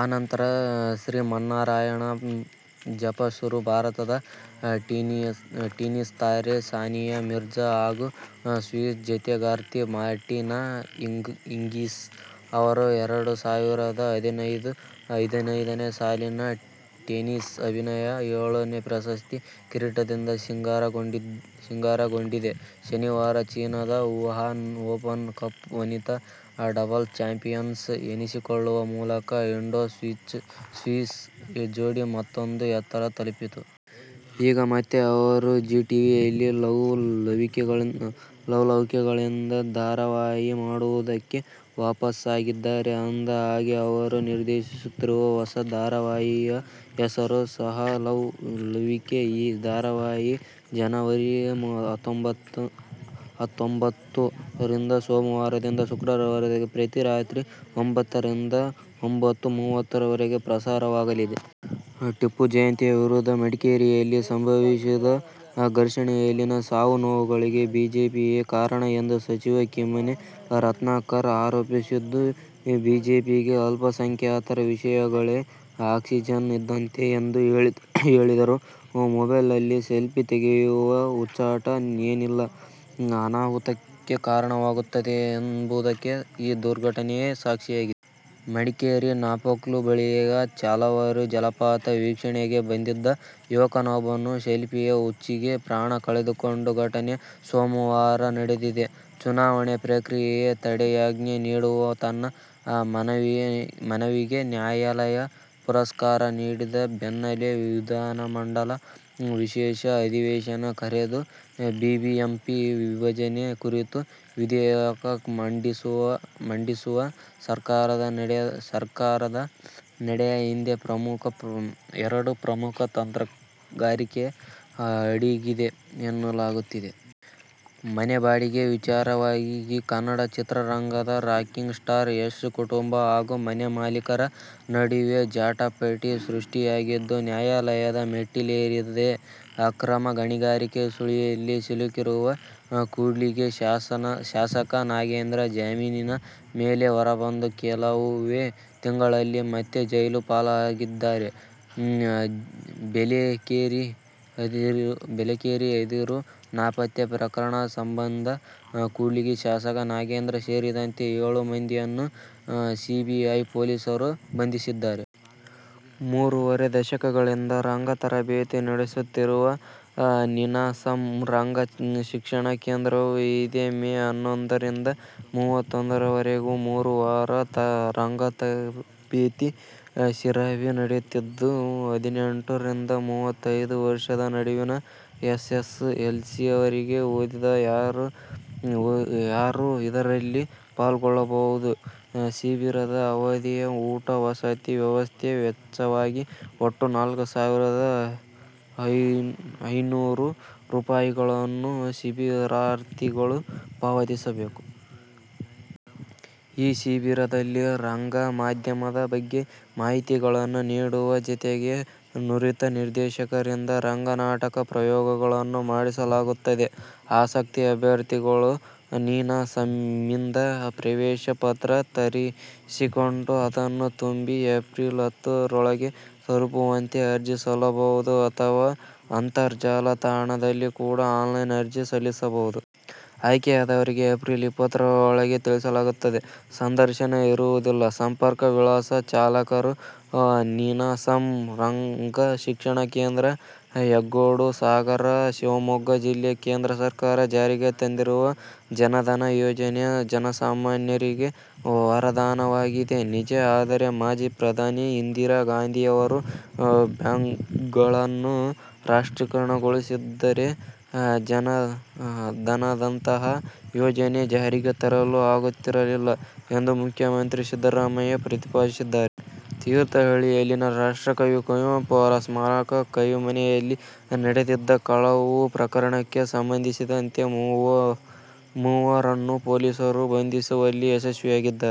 ಆ ನಂತರ ಶ್ರೀಮನ್ನಾರಾಯಣ ಜಪ ಶುರು. ಭಾರತದ ಟೆನಿಸ್ ತಾರೆ ಸಾನಿಯಾ ಮಿರ್ಜಾ ಹಾಗೂ ಸ್ವಿಸ್ ಜತೆಗಾರ್ತಿ ಮಾರ್ಟಿನಾ ಹಿಂಗಿಸ್ ಅವರ ಎರಡು ಸಾವಿರದ ಹದಿನೈದು ನೇ ಸಾಲಿನ ಟೆನಿಸ್ ಅಭಿಯಾನ ಏಳು ನೇ ಪ್ರಶಸ್ತಿ ಕಿರೀಟದಿಂದ ಸಿಂಗಾರಗೊಂಡಿದೆ. ಶನಿವಾರ ಚೀನದ ವುಹಾನ್ ಓಪನ್ ಕಪ್ ವನಿತಾ ಡಬಲ್ಸ್ ಚಾಂಪಿಯನ್ಸ್ ಎನಿಸಿಕೊಳ್ಳುವ ಮೂಲಕ ಇಂಡೋ-ಸ್ವಿಸ್ ಜೋಡಿ ಮತ್ತೂಂದು ಎತ್ತರ ತಲುಪಿತು. ಈಗ ಮತ್ತೆ ಅವರು ಜೀ ಟಿವಿಯಲ್ಲಿ ಲವ್ ಲವಿಕೆಯಿಂದ ಧಾರಾವಾಹಿ ಮಾಡುವುದಕ್ಕೆ ವಾಪಸ್ಸಾಗಿದ್ದಾರೆ. ಅಂದ ಹಾಗೆ, ಅವರು ನಿರ್ದೇಶಿಸುತ್ತಿರುವ ಹೊಸ ಧಾರಾವಾಹಿಯ ಹೆಸರು ಸಹ ಲವ್ ಲವಿಕೆ. ಈ ಧಾರಾವಾಹಿ ಜನವರಿ ಹತ್ತೊಂಬತ್ತು ರಿಂದ ಸೋಮವಾರದಿಂದ ಶುಕ್ರವಾರದವರೆಗೆ ಪ್ರತಿ ರಾತ್ರಿ ಒಂಬತ್ತು ರಿಂದ ಒಂಬತ್ತು: ಮೂವತ್ತು ರವರೆಗೆ ಪ್ರಸಾರವಾಗಲಿದೆ. ಟಿಪ್ಪು ಜಯಂತಿ ವಿರೋಧಿಸಿ ಮಡಿಕೇರಿಯಲ್ಲಿ ಸಂಭವಿಸಿದ ಘರ್ಷಣೆಯಲ್ಲಿನ ಸಾವು ನೋವುಗಳಿಗೆ ಬಿಜೆಪಿಯೇ ಕಾರಣ ಎಂದು ಸಚಿವ ಕಿಮ್ಮನೆ ರತ್ನಾಕರ್ ಆರೋಪಿಸಿದ್ದು, ಬಿಜೆಪಿಗೆ ಅಲ್ಪಸಂಖ್ಯಾತರ ವಿಷಯಗಳೇ ಆಕ್ಸಿಜನ್ ಇದ್ದಂತೆ ಎಂದು ಹೇಳಿದರು. ಮೊಬೈಲ್ ನಲ್ಲಿ ಸೆಲ್ಫಿ ತೆಗೆಯುವ ಹುಚ್ಚಾಟ ಏನೇಲ್ಲಾ ಅನಾಹುತಕ್ಕೆ ಕಾರಣವಾಗುತ್ತದೆ ಎಂಬುದಕ್ಕೆ ಈ ದುರ್ಘಟನೆಯೇ ಸಾಕ್ಷಿಯಾಗಿದೆ. ಮಡಿಕೇರಿ ನಾಫೋಕ್ಲು ಬಳಿಯ ಚೇಲಾವರ ಜಲಪಾತ ವೀಕ್ಷಣೆಗೆ ಬಂದಿದ್ದ ಯುವಕನೊಬ್ಬ ಸೆಲ್ಫಿಯ ಹುಚ್ಚಿಗೆ ಪ್ರಾಣ ಕಳೆದುಕೊಂಡ ಘಟನೆ ಸೋಮವಾರ ನಡೆದಿದೆ. ಚುನಾವಣೆ ಪ್ರಕ್ರಿಯೆಗೆ ತಡೆಯಾಜ್ಞೆ ನೀಡುವ ತನ್ನ ಮನವಿಗೆ ನ್ಯಾಯಾಲಯ ಪುರಸ್ಕಾರ ನೀಡದ ಬೆನ್ನಲ್ಲೇ ವಿಧಾನಮಂಡಲ ವಿಶೇಷ ಅಧಿವೇಶನ ಕರೆದು ಬಿಬಿಎಂಪಿ ವಿಭಜನೆ ಕುರಿತ ವಿಧೇಯಕ ಮಂಡಿಸುವ ಸರ್ಕಾರದ ನಡೆಯ ಹಿಂದೆ ಎರಡು ಪ್ರಮುಖ ತಂತ್ರಗಾರಿಕೆ ಅಡಗಿದೆ ಎನ್ನಲಾಗುತ್ತಿದೆ. ಮನೆ ಬಾಡಿಗೆ ವಿಚಾರವಾಗಿ ಕನ್ನಡ ಚಿತ್ರರಂಗದ ರಾಕಿಂಗ್ ಸ್ಟಾರ್ ಯಶ್ ಕುಟುಂಬ ಹಾಗೂ ಮನೆ ಮಾಲೀಕರ ನಡುವೆ ಜಟಾಪಟಿ ಸೃಷ್ಟಿಯಾಗಿದ್ದು, ನ್ಯಾಯಾಲಯದ ಮೆಟ್ಟಿಲೇರಿದೆ. ಅಕ್ರಮ ಗಣಿಗಾರಿಕೆ ಸುಳಿಯಲ್ಲಿ ಸಿಲುಕಿರುವ ಕೂಡ್ಲಿಗಿ ಶಾಸಕ ನಾಗೇಂದ್ರ ಜಾಮೀನಿನ ಮೇಲೆ ಹೊರಬಂದ ಕೆಲವೇ ತಿಂಗಳಲ್ಲಿ ಮತ್ತೆ ಜೈಲು ಪಾಲಾಗಿದ್ದಾರೆ. ಬೇಲೆಕೇರಿ ಅದಿರು ನಾಪತ್ತೆ ಪ್ರಕರಣ ಸಂಬಂಧ ಕೂಡ್ಲಿಗಿ ಶಾಸಕ ನಾಗೇಂದ್ರ ಸೇರಿದಂತೆ ಏಳು ಮಂದಿಯನ್ನು ಸಿಬಿಐ ಪೊಲೀಸರು ಬಂಧಿಸಿದ್ದಾರೆ. ಮೂರೂವರೆ ದಶಕಗಳಿಂದ ರಂಗ ತರಬೇತಿ ನಡೆಸುತ್ತಿರುವ ನೀನಾಸಮ್ ರಂಗ ಶಿಕ್ಷಣ ಕೇಂದ್ರವು ಇದೇ ಮೇ ಹನ್ನೊಂದು ರಿಂದ ಮೂವತ್ತೊಂದು ರವರೆಗೆ ಮೂರು ವಾರಗಳ ರಂಗತರಬೇತಿ ಶಿಬಿರ ನಡೆಸುತ್ತಿದ್ದು, ಹದಿನೆಂಟು ರಿಂದ ಮೂವತೈದು ವರ್ಷದ ನಡುವಿನ ಎಸ್ಎಸ್ಎಲ್ಸಿವರೆಗೆ ಓದಿದ ಯಾರೂ ಇದರಲ್ಲಿ ಪಾಲ್ಗೊಳ್ಳಬಹುದು. ಶಿಬಿರದ ಅವಧಿಯ ಊಟ-ವಸತಿ ವ್ಯವಸ್ಥೆಯ ವೆಚ್ಚವಾಗಿ ಒಟ್ಟು ನಾಲ್ಕು ಸಾವಿರದ ಐನ್ನೂರು ರೂಪಾಯಿಗಳನ್ನು ಶಿಬಿರಾರ್ಥಿಗಳು ಪಾವತಿಸಬೇಕು. ಈ ಶಿಬಿರದಲ್ಲಿ ರಂಗಮಾಧ್ಯಮದ ಬಗ್ಗೆ ಮಾಹಿತಿಗಳನ್ನು ನೀಡುವ ಜತೆಗೆ ನುರಿತ ನಿರ್ದೇಶಕರಿಂದ ರಂಗನಾಟಕ ಪ್ರಯೋಗಗಳನ್ನೂ ಮಾಡಿಸಲಾಗುತ್ತದೆ. ಆಸಕ್ತ ಅಭ್ಯರ್ಥಿಗಳು ನೀನಾಸಮ್ನಿಂದ ಪ್ರವೇಶ ಪತ್ರ ತರಿಸಿಕೊಂಡು ಅದನ್ನು ತುಂಬಿ ಎಪ್ರಿಲ್ ಹತ್ತು ರೊಳಗೆ ತಲುಪುವಂತೆ ಅರ್ಜಿ ಸಲ್ಲಿಸಬಹುದು. ಅಥವಾ ಅಂತರ್ಜಾಲ ತಾಣ ದಲ್ಲಿ ಕೂಡ ಆನ್ಲೈನ್ ಅರ್ಜಿ ಸಲ್ಲಿಸಬಹುದು. ಆಯ್ಕೆಯಾದವರಿಗೆ ಎಪ್ರಿಲ್ ಇಪ್ಪತ್ತು ರೊಳಗೆ ತಿಳಿಸಲಾಗುತ್ತದೆ. ಸಂದರ್ಶನ ಇರುವುದಿಲ್ಲ. ಸಂಪರ್ಕ ವಿಳಾಸ: ಸಂಚಾಲಕರು, ನೀನಾಸಮ್ ರಂಗಶಿಕ್ಷಣ ಕೇಂದ್ರ, ಹೆಗ್ಗೋಡು, ಸಾಗರ, ಶಿವಮೊಗ್ಗ ಜಿಲ್ಲೆ. ಕೇಂದ್ರ ಸರ್ಕಾರ ಜಾರಿಗೆ ತಂದಿರುವ ಜನಧನ ಯೋಜನೆ ಜನಸಾಮಾನ್ಯರಿಗೆ ವರದಾನವಾಗಿದೆ, ನಿಜ. ಆದರೆ, ಮಾಜಿ ಪ್ರಧಾನಿ ಇಂದಿರಾ ಗಾಂಧಿಯವರು ಬ್ಯಾಂಕ್ಗಳನ್ನು ರಾಷ್ಟ್ರೀಕರಣಗೊಳಿಸದಿದ್ದರೆ ಜನಧನದಂತಹ ಯೋಜನೆ ಜಾರಿಗೆ ತರಲು ಆಗುತ್ತಿರಲಿಲ್ಲ ಎಂದು ಮುಖ್ಯಮಂತ್ರಿ ಸಿದ್ದರಾಮಯ್ಯ ಪ್ರತಿಪಾದಿಸಿದ್ದಾರೆ. ತೀರ್ಥಹಳ್ಳಿಯಲ್ಲಿನ ರಾಷ್ಟ್ರಕವಿ ಕುವೆಂಪು ಅವರ ಸ್ಮಾರಕ ಕವಿಮನೆಯಲ್ಲಿ ನಡೆದಿದ್ದ ಕಳವು ಪ್ರಕರಣಕ್ಕೆ ಸಂಬಂಧಿಸಿದಂತೆ ಮೂವರನ್ನು ಪೊಲೀಸರು ಬಂಧಿಸುವಲ್ಲಿ ಯಶಸ್ವಿಯಾಗಿದ್ದಾರೆ.